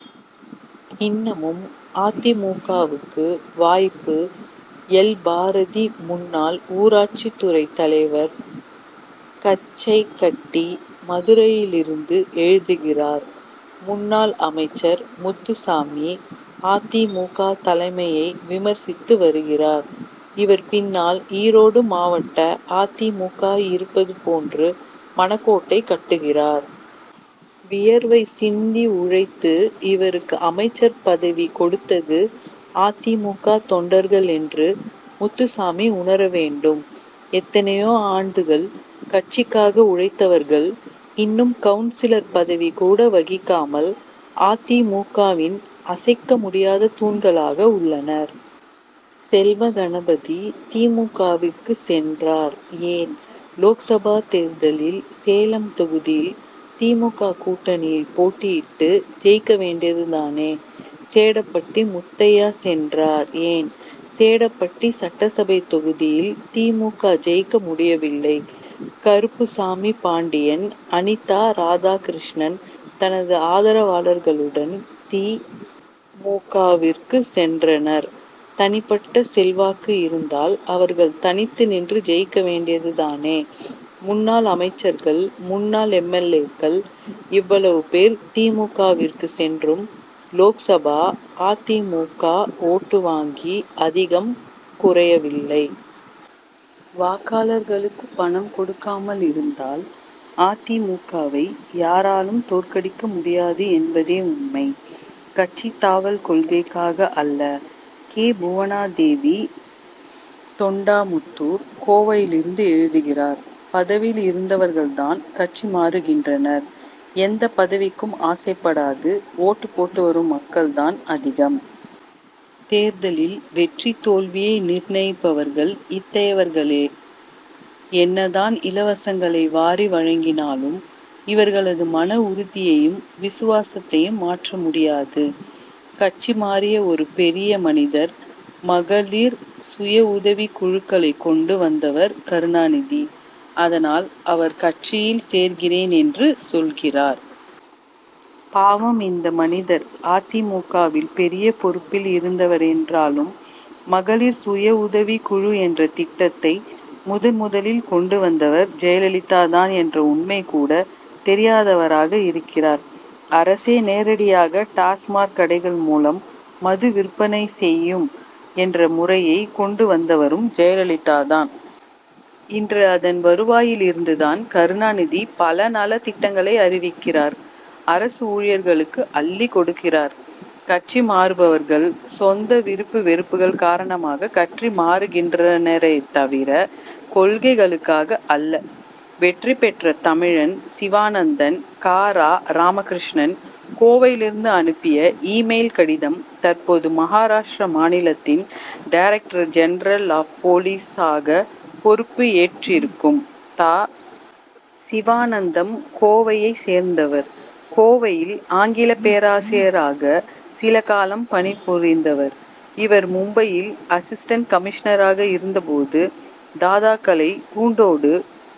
இன்னமும் அ. தி. மு. க.வுக்கு வாய்ப்பு! எல். பாரதி, முன்னாள் ஊராட்சி துறைத்தலைவர், கச்சைகட்டி, மதுரையிலிருந்து எழுதுகிறார் முன்னாள் அமைச்சர் முத்துசாமி, அ. தி. மு. க. தலைமையை விமர்சித்து வருகிறார். இவர் பின்னால், ஈரோடு மாவட்ட அ. தி. மு. க. இருப்பது போன்று மனக்கோட்டை கட்டுகிறார். வியர்வை சிந்தி உழைத்து இவருக்கு அமைச்சர் பதவி கொடுத்தது, அ. தி. மு. க. தொண்டர்கள் என்று, முத்துசாமி உணர வேண்டும். எத்தனையோ ஆண்டுகள் கட்சிக்காக உழைத்தவர்கள், இன்னும் கவுன்சிலர் பதவி கூட வகிக்காமல், அ. தி. மு. க.வின் அசைக்க முடியாத தூண்களாக உள்ளனர். செல்வகணபதி, தி. மு. க. விற்கு சென்றார் ஏன்லோக்சபா தேர்தலில், சேலம் தொகுதியில், தி. மு. க. கூட்டணியில் போட்டியிட்டு, ஜெயிக்க வேண்டியது தானே! சேடபட்டி முத்தையா சென்றார் ஏன், சேடபட்டி சட்டசபை தொகுதியில், தி. மு. க. ஜெயிக்க முடியவில்லை? கருப்புசாமி பாண்டியன், அனிதா ராதாகிருஷ்ணன் தமது ஆதரவாளர்களுடன், தி. மு. க.விற்கு சென்றனர். தனிபட்ட செல்வாக்கு இருந்தால், அவர்கள் தனித்து நின்று ஜெயிக்க வேண்டியது தானே! முன்னாள் அமைச்சர்கள், முன்னாள் எம். எல். ஏ.க்கள், இவ்வளவு பேர் தி. மு. க. விற்கு சென்றும், லோக்சபா அ. தி. மு. க. ஓட்டு வங்கி, அதிகம் குறையவில்லை. வாக்காளர்களுக்கு பணம் கொடுக்காமல் இருந்தால், அ. தி. மு. க.வை யாராலும் தோற்கடிக்க முடியாது என்பதே உண்மை. கட்சி தாவல் கொள்கைக்காக அல்ல! கே. புவனாதேவி, தொண்டாமுத்தூர், கோவையிலிருந்து எழுதுகிறார் பதவியில் இருந்தவர்கள் தான் கட்சி மாறுகின்றனர். எந்தப் பதவிக்கும் ஆசைப்படாது ஓட்டுப் போட்டு வரும் மக்கள் தான் அதிகம். தேர்தலில் வெற்றி, தோல்வியை நிர்ணயிப்பவர்கள் இத்தகையவர்களே. என்ன தான் இலவசங்களை வாரி வழங்கினாலும், இவர்களது மன உறுதியையும், விசுவாசத்தையும் மாற்ற முடியாது. கட்சி மாறிய ஒரு பெரிய மனிதர், மகளிர் சுய உதவிக் குழுக்களைக் கொண்டு வந்தவர் கருணாநிதி. அதனால், அவர் கட்சியில் சேர்கிறேன் என்று சொல்கிறார். பாவம்இந்த மனிதர் அ. தி. மு. க. வில் பெரிய பொறுப்பில் இருந்தவர் என்றாலும், மகளிர் சுயஉதவிக் குழு என்ற திட்டத்தை முதன்முதலில் கொண்டு வந்தவர் ஜெயலலிதா தான் என்ற உண்மை கூட தெரியாதவராக இருக்கிறார். அரசே நேரடியாக டாஸ் மாக் கடைகள் மூலம் மது விற்பனை செயும் என்ற முறையை கொண்டு வந்தவரும் ஜெயலலிதா தான். இன்று அதன் வருவாயில் இருந்து தான், கருணாநிதி பல நலத்திட்டங்களை அறிவிக்கிறார். அரசு ஊழியர்களுக்கு அள்ளிக் கொடுக்கிறார். கட்சி மாறுபவர்கள், சொந்த, விருப்பு வெறுப்புகள் காரணமாக கட்சி மாறுகின்றனரே தவிர, கொள்கைகளுக்காக அல்ல. வெற்றி பெற்ற தமிழன் சிவானந்தன் கா. ரா. ராமகிருஷ்ணன், கோவையிலிருந்து அனுப்பிய, இ-மெயில் கடிதம் தற்போது, மகாராஷ்டிர மாநிலத்தின் டைரக்டர் ஜெனரல் ஆப் போலீசாக பொறுப்பு ஏற்றிருக்கும் தா. சிவானந்தன், கோவையைச் சேர்ந்தவர். கோவையில், ஆங்கில பேராசிரியராக சில காலம் பணிபுரிந்தவர். இவர் மும்பையில், அசிஸ்டன்ட் கமிஷனராக இருந்த போது, தாதாக்களை கூண்டோடு